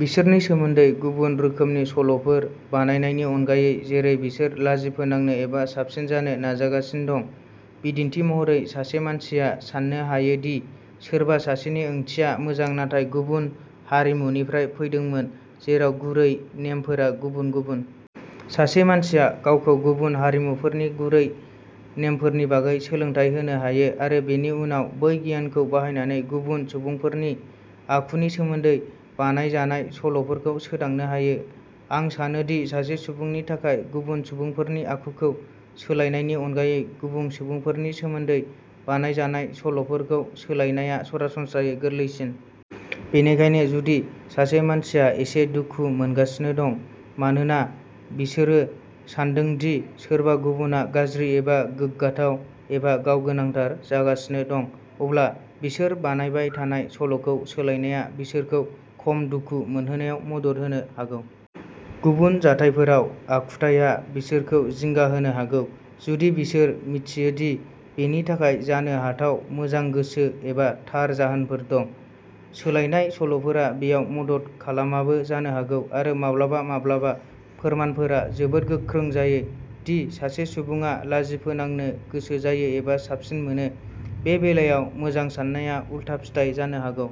बिसोरनि सोमोन्दै गुबुन रोखोमनि सल'फोर बानायनायनि अनगायै, जेरै बिसोर लाजि फोनांनो एबा साबसिन जानो नाजागासिनो दं। बिदिन्थि महरै, सासे मानसिया साननो हायो दि सोरबा सासेनि ओंथिया मोजां नाथाय गुबुन हारिमुनिफ्राय फैदोंमोन जेराव गुरै नेमफोरा गुबुन गुबुन। सासे मानसिया गावखौ गुबुन हारिमुफोरनि गुरै नेमफोरनि बागै सोलोंथाय होनो हायो आरो बेनि उनाव बै गियानखौ बाहायनानै गुबुन सुबुंफोरनि आखुनि सोमोन्दै बानायजानाय सल'फोरखौ सोदांनो हायो। आं सानो दि सासे सुबुंनि थाखाय गुबुन सुबुंफोरनि आखुखौ सोलायनायनि अनगायै गुबुन सुबुंफोरनि सोमोन्दै बानायजानाय सल'फोरखौ सोलायनाया सरासनस्रायै गोरलैसिन। बेनिखायनो जुदि सासे मानसिया एसे दुखु मोनगासिनो दं मानोना बिसोरो सान्दों दि सोरबा गुबुनआ गाज्रि एबा गोग्गाथाव एबा गाव गोनांथार जागासिनो दं, अब्ला बिसोर बानायबाय थानाय सल'खौ सोलायनाया बिसोरखौ खम दुखु मोनहोनायाव मदद होनो हागौ। गुबुन जाथायफोराव, आखुथाया बिसोरखौ जिंगा होनो हागौ, जुदि बिसोर मिथियो दि बेनि थाखाय जानो हाथाव मोजां गोसो एबा थार जाहोनफोर दं। सोलायनाय सल'फोरा बेयाव मदद खालामाबो जानो हागौ। आरो माब्लाबा माब्लाबा फोरमानफोरा जोबोद गोख्रों जायो दि सासे सुबुङा लाजि फोनांनो गोसो जायो एबा साबसिन मोनो, बे बेलायाव मोजां सान्नाया उलथा फिथाय जानो हागौ।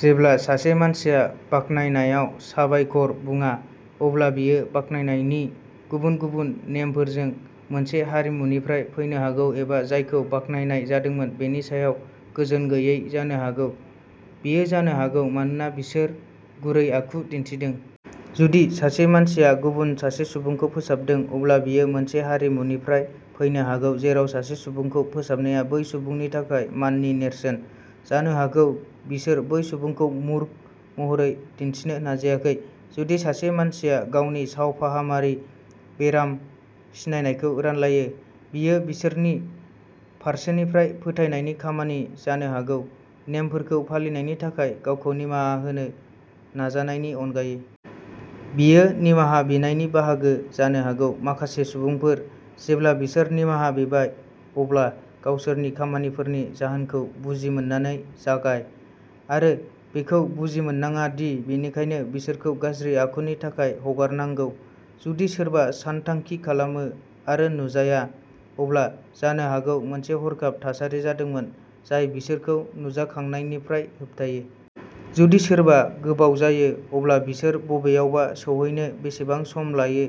जेब्ला सासे मानसिया बाख्नायनायाव "साबायखर" बुङा, अब्ला बियो बाख्नायनायनि गुबुन गुबुन नेमफोरजों मोनसे हारिमुनिफ्राय फैनो हागौ एबा जायखौ बाख्नायनाय जादोंमोन बेनि सायाव गोजोन गैयै जानो हागौ। बेयो जानो हागौ मानोना बिसोर गुरै आखु दिन्थिदों। जुदि सासे मानसिया गुबुन सासे सुबुंखौ फोसाबदों, अब्ला बियो मोनसे हारिमुनिफ्राय फैनो हागौ जेराव सासे सुबुंखौ फोसाबनाया बै सुबुंनि थाखाय माननि नेरसोन। जानो हागौ बिसोर बै सुबुंखौ मूर्ख महरै दिन्थिनो नाजायाखै। जुदि सासे मानसिया गावनि सावफाहामारि बेराम सिनायनायखौ रानलायो, बेयो बिसोरनि फारसेनिफ्राय फोथायनायनि खामानि जानो हागौ, नेमफोरखौ फालिनायनि थाखाय गावखौ निमाहा होनो नाजानायनि अनगायै। बेयो निमाहा बिनायनि बाहागो जानो हागौ। माखासे सुबुंफोर, जेब्ला बिसोर निमाहा बिबाय, अब्ला गावसोरनि खामानिफोरनि जाहोनखौ बुजिमोननानै जागाय, आरो बेखौ बुजिमोननाङा दि बेनिखायनो बिसोरखौ गाज्रि आखुनि थाखाय हगारनांगौ। जुदि सोरबा सानथांखि खालामो आरो नुजाया, अब्ला जानो हागौ मोनसे हरखाब थासारि जादोंमोन जाय बिसोरखौ नुजाखांनायनिफ्राय होबथायो। जुदि सोरबा गोबाव जायो, अब्ला बिसोर बबेयावबा सौहैनो बेसेबां सम लायो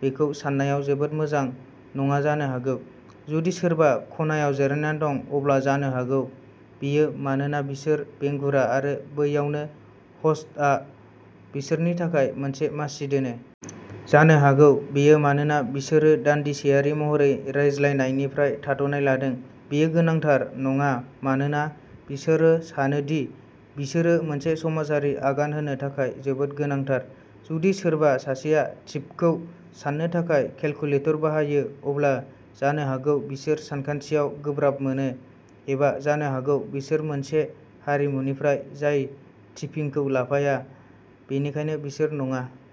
बेखौ सान्नायाव जोबोद मोजां नङा जानो हागौ। जुदि सोरबा खनायाव जिरायना दं, अब्ला जानो हागौ बेयो मानोना बिसोर बेंगुरा आरो बैयावनो ह'स्टआ बिसोरनि थाखाय मोनसे मासि दोनो। जानो हागौ बेयो मानोना बिसोरो दानदिसेयारि महरै रायज्लायनायनिफ्राय थाद'नाय लादों। बेयो गोनांथार नङा मानोना बिसोरो सानो दि बिसोरो मोनसे समाजारि आगान होनो थाखाय जोबोद गोनांथार। जुदि सोरबा सासेया टिपखौ साननो थाखाय केलकुलेटर बाहायो, अब्ला जानो हागौ बिसोर सानखान्थियाव गोब्राब मोनो, एबा जानो हागौ बिसोर मोनसे हारिमुनिफ्राय जाय टिपिंखौ लाफाया, बेनिखायनो बिसोर नङा।